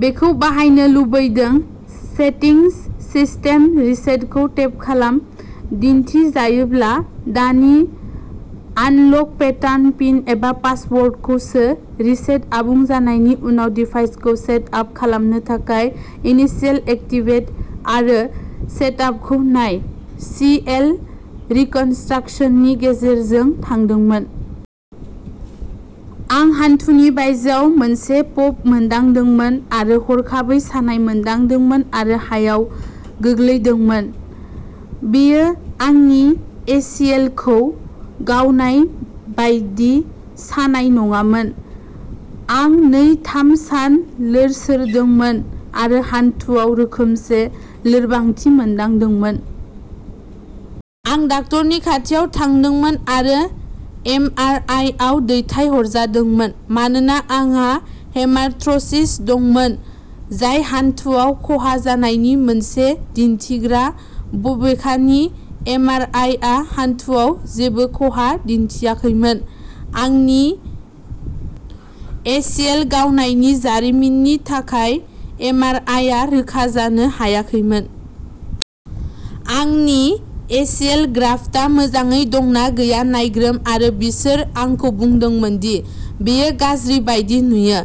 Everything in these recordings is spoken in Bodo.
बेखौ बाहायनो लुबैदों। सेटिंस सिस्टेम रिसेटखौ टेप खालाम। दिन्थिजायोब्ला दानि आनलक पेटार्न पिन एबा पासवार्डखौ सो। रिसेट आबुं जानायनि उनाव डिभाइसखौ सेट आप खालामनो थाखाय इनिशियेल एक्टिभेट आरो सेटआपखौ नाय। सि एल रिकनस्ट्राकसन नि गेजेरजों थांदोंमोन। आं हान्थुनि बायजोयाव मोनसे पप मोनदांदोंमोन आरो हरखाबै सानाय मोनदांदोंमोन आरो हायाव गोग्लैदोंमोन बेयो आंनि ए सि एल खौ गावनाय बायदि सानाय नङामोन। आं नै थाम सान लोरसोरदोंमोन आरो हान्थुआव रोखोमसे लोरबांथि मोनदांदोंमोन। आं डाक्टारनि खाथियाव थांदोंमोन आरो एम आर आइ आव दैथायहरजादोंमोन मानोना आंहा हेमारथ्र'सिस दंमोन जाय हान्थुआव खहा जानायनि मोनसे दिन्थिग्रा बबेखानि एम आर आइ आ हान्थुआव जेबो खहा दिन्थियाखैमोन। आंनि ए सि एल गावनायनि जारिमिननि थाखाय एम आर आइ आ रोखा जानो हायाखैमोन। आंनि ए सि एल ग्राफ्टआ मोजाङै दं ना गैया नायग्रोम आरो बिसोर आंखौ बुंदोंमोन दि'बेयो गाज्रि बायदि नुयो।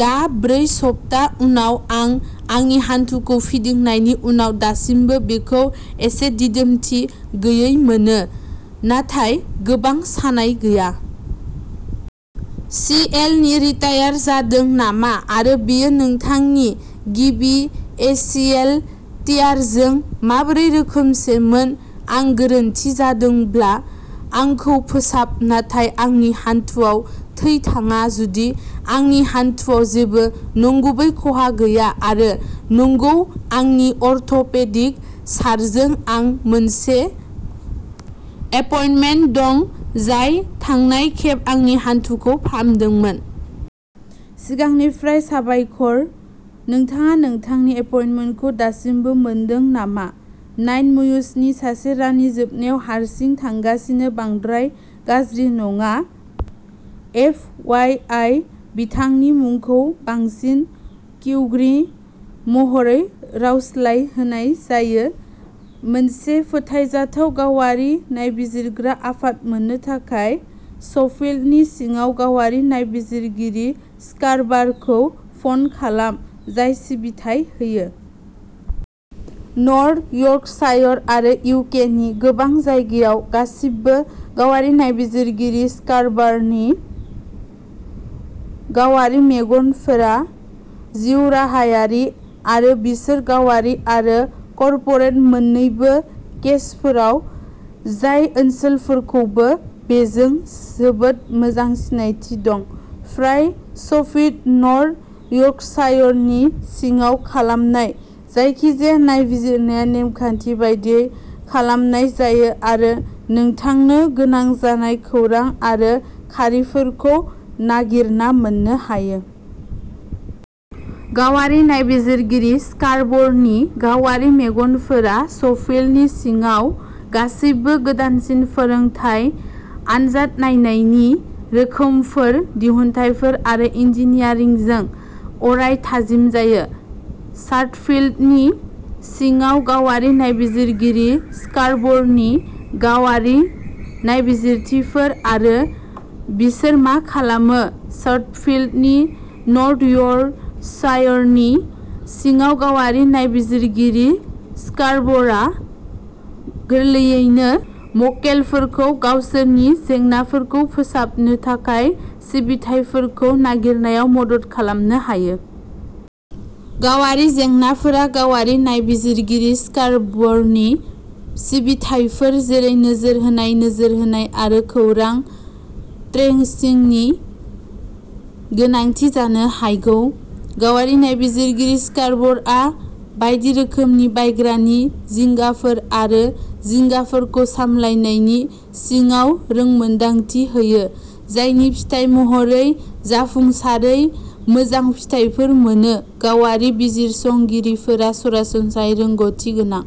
दा ब्रै सप्ता उनाव आं आंनि हान्थुखौ फिदिंनायनि उनाव दासिमबो बेखौ एसे दिदोमथि गैयै मोनो नाथाय गोबां सानाय गैया। सि एल नि रिटियार जादों नामा आरो बेयो नोंथांनि गिबि ए सि एल टियारजों माबोरै रोखोमसे मोन आं गोरोन्थि जादोंब्ला आंखौ फोसाब नाथाय आंनि हान्थुआव थै थाङा जुदि आंनि हान्थुआव जेबो नंगुबै खहा गैया आरो नंगौ आंनि अर्थ'पेडिक सारजों आं मोनसे एपइन्टमेन्ट दं जाय थांनाय खेब आंनि हान्थुखौ फाहामदोंमोन। सिगांनिफ्राय साबायखर नोंथाङा नोंथांनि एपइन्टमेन्टखौ दासिमबो मोनदों नामा नाइन म्युसनि सासे रानि जोबनायाव हारसिं थांगासिनो बांद्राय गाज्रि नङा एफ वाइ आइ बिथांनि मुंखौ बांसिन किउंग्रि महरै रावस्लायहोनाय जायो। मोनसे फोथायजाथाव गावारि नायबिजिरग्रा आफाद मोन्नो थाखाय सफील्डनि सिङाव गावारि नायबिजिरगिरि स्कारबरखौ फन खालाम जाय सिबिथाय होयो। नर्थ यर्कशायर आरो इउ के नि गोबां जायगायाव। गासैबो गावारि नायबिजिरगिरि स्कारबर'नि गावारि मेगनफोरा जिउराहायारि आरो बिसोर गावारि आरो कर्परेट मोन्नैबो केसफोराव जाय ओनसोलफोरखौबो बेजों जोबोद मोजां सिनायथि दं। फ्राय सफील्ड नर्थ यर्कशायरनि सिङाव खालामनाय जायखिजाया नायबिजिरनाया नेम खान्थि बायदियै खालामनाय जायो आरो नोंथांनो गोनां जानाय खौरां आरो खारिफोरखौ नागिरना मोन्नो हायो। गावारि नायबिजिरगिरि स्कारबर'नि गावारि मेगनफोरा सफील्डनि सिङाव गासैबो गोदानसिन फोरोंथाय आनजाद नायनायनि रोखोमफोर दिहुनथायफोर आरो इन्जिनियारिंजों अराय थाजिम जायो। सादफील्डनि सिङाव गावारि नायबिजिरगिरि स्कारबर'नि गावारि नायबिजिरथिफोर आरो बिसोर मा खालामो सादफील्ड नर्थ यर्कशायरनि सिङाव गावारि नायबिजिरगिरि स्कारबर'आ गोरलैयैनो मक्केलफोरखौ गावसोरनि जेंनाफोरखौ फोसाबनो थाखाय सिबिथाइफोरखौ नागिरनायाव मदद खालामनो हायो। गावारि जेंनाफोरा गावारि नायबिजिरगिरि स्कारबर'नि सिबिथाइफोर जेरै नोजोर होनाय नोजोर होनाय आरो खौरां ट्रेसिंनि गोनांथि जानो हागौ। गावारि नायबिजिरगिरि स्कारबर'आ बायदि रोखोमनि बायग्रानि जिंगाफोर आरो जिंगाफोरखौ सामलायनायनि सिङाव रोंमोनदांथि होयो जायनि फिथाय महरै जाफुंसारै मोजां फिथायफोर मोनो। गावारि बिजिरसंगिरिफोरा सरासनस्रायै रोंग'थिगोनां